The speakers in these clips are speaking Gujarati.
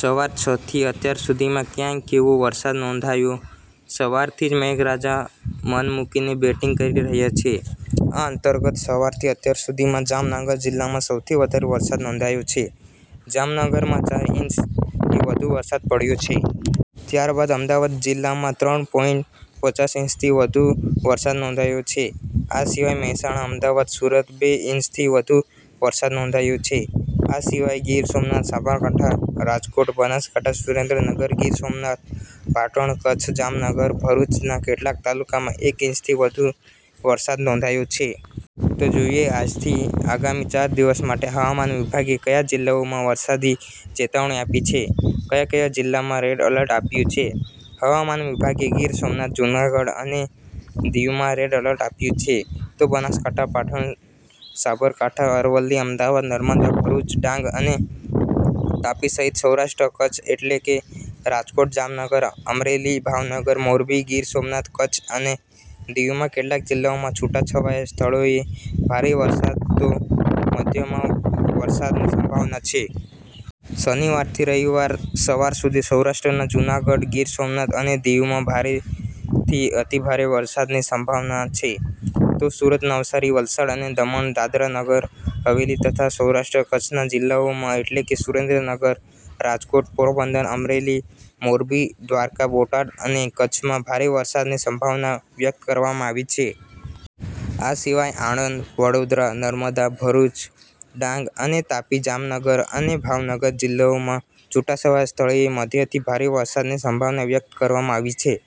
સવાર છ થી અત્યાર સુધીમાં ક્યાં કેવો વરસાદ નોંધાયો? સવારથી જ મેઘરાજા મનમુકીને બેટીંગ કરી રહ્યા છે. આ અંતર્ગત સવારથી અત્યાર સુધીમાં જામનગર જિલ્લામાં સૌથી વધારે વરસાદ નોંધાયો છે. જામનગરમાં ચાર ઈંચથી વધુ વરસાદ પડ્યો છે. ત્યારબાદ અમદાવાદ જિલ્લામાં ત્રણ પોઈંટ પચાસ ઈંચથી વધુ વરસાદ નોંધાયો છે. આ સિવાય મહેસાણા, અમદાવાદ, સુરતમાં બે ઈંચથી વધુ વરસાદ નોંધાયો છે. આ સિવાય ગીર સોમનાથ, સાબરકાંઠા, રાજકોટ, બનાસકાંઠા, સુરેનદ્રનગર, ગીર સોમનાથ, પાટણ, કચ્છ, જામનગર, ભરૂચના કેટલાક તાલુકામાં એક ઈંચથી વધુ વરસાદ નોંધાયો છે. તો જોઈએ આજથી આગામી ચાર દિવસ માટે હવામાન વિભાગે કયા જિલ્લાઓમાં વરસાદની ચેતવણી આપી છે. ક્યા કયા જિલ્લામાં રેડ એલર્ટ આપ્યું? હવામાન વિભાગે ગીર સોમનાથ, જુનાગઢ અને દિવમાં રેડ એલર્ટ આપ્યું છે. તો બનાસકાંઠા, પાટણ, સાબરકાંઠા, અરવલ્લી, અમદાવાદ, નર્મદા, ભરૂચ, ડાંગ અને તાપી સહિત સૌરાષ્ટ્ર- કચ્છ એટલે કે રાજકોટ, જામનગર, અમરેલી, ભાવનગર, મોરબી, ગીર સોમનાથ, કચ્છ અને દીવમાં કેટલાક જિલ્લાઓમાં છૂટાછવાયા સ્થળોએ ભારે વરસાદ તો મધ્યમ વરસાદની સંભાવના છે. શનિવારથી રવિવાર સવાર સુધી સૌરાષ્ટ્રના જુનાગઢ, ગીર સોમનાથ અને દીવમાં ભારેથી અતિભારે વરસાદની સંભાવના છે. તો સુરત, નવસારી, વલસાડ અને દમણમાં, દાદરા નગર હવેલી તથા સૌરાષ્ટ્ર-કચ્છના જિલ્લાઓમાં એટલે કે સુરેન્દ્રનગર, રાજકોટ, પોરબંદર, અમરેલી, મોરબી, દ્વારકા, બોટાદ અને કચ્છમાં ભારે વરસાદની સંભાવના વ્યક્ત કરવામાં આવી છે. આ સિવાય આણંદ, વડોદરા, નર્મદા, ભરૂચ, ડાંગ અને તાપી, જામનગર અને ભાવનગર જિલ્લાઓમાં છૂટાછવાયા સ્થળે મધ્યમથી ભારે વરસાદની સંભાવના વ્યક્ત કરવામાં આવી છે.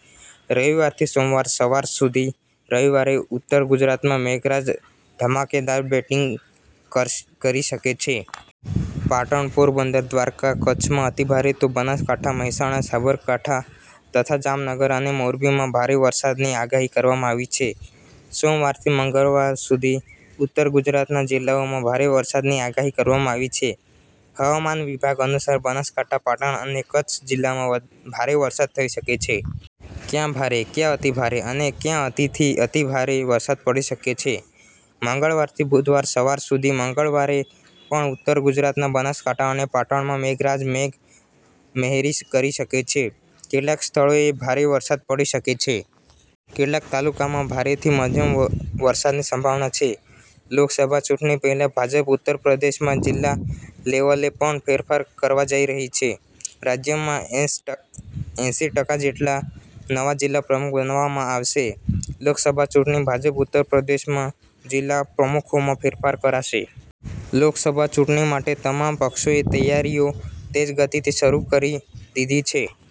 રવિવારથી સોમવાર સવાર સુધી રવિવારે ઉત્તર ગુજરાતમાં મેઘરાજા ધમાકેદાર બેટીંગ કરી શકે છે. પાટણ, પોરબંદર, દ્વારકા, કચ્છમાં અતિભારે તો બનાસકાંઠા, મહેસાણા, સાબરકાંઠા તથા જામનગર અને મોરબીમાં ભારે વરસાદની આગાહી કરવામાં આવી છે. સોમવારથી મંગળવાર સવાર સુધી ઉત્તર ગુજરાતના જિલ્લાઓમાં ભારે વરસાદની આગાહી કરવામાં આવી છે. હવામાન વિભાગ અનુસાર, બનાસકાંઠા, પાટણ અને કચ્છ જિલ્લામાં ભારે વરસાદ થઈ શકે છે. ક્યાં ભારે, ક્યાં અતિભારે અને ક્યાં અતિથી અતિભારે વરસાદ પડી શકે છે? મંગળવારથી બુધવાર સવાર સુધી મંગળવારે પણ ઉત્તર ગુજરાતના બનાસકાંઠા અને પાટણમાં મેઘરાજા મેઘ મહેર કરી શકે છે. કેટલાક સ્થળોએ ભારે વરસાદ પડી શકે છે. તો કેટલાક તાલુકામાં ભારેથી મધ્યમ વરસાદની સંભાવના છે. લોકસભા ચૂંટણી પહેલા ભાજપ ઉત્તર પ્રદેશમાં જિલ્લા લેવલે પણ ફેરફાર કરવા જઈ રહી છે. રાજ્યમાં એંસી ટકા જેટલા નવા જિલ્લા પ્રમુખ બનાવવામાં આવશે. લોકસભા ચૂંટણી – ભાજપ ઉત્તર પ્રદેશમાં જિલ્લા પ્રમુખોમાં ફેરફાર કરશે. લોકસભા ચૂંટણી માટે તમામ પક્ષોએ તૈયારીઓ તેજ ગતિએ શરૂ કરી દીધી છે.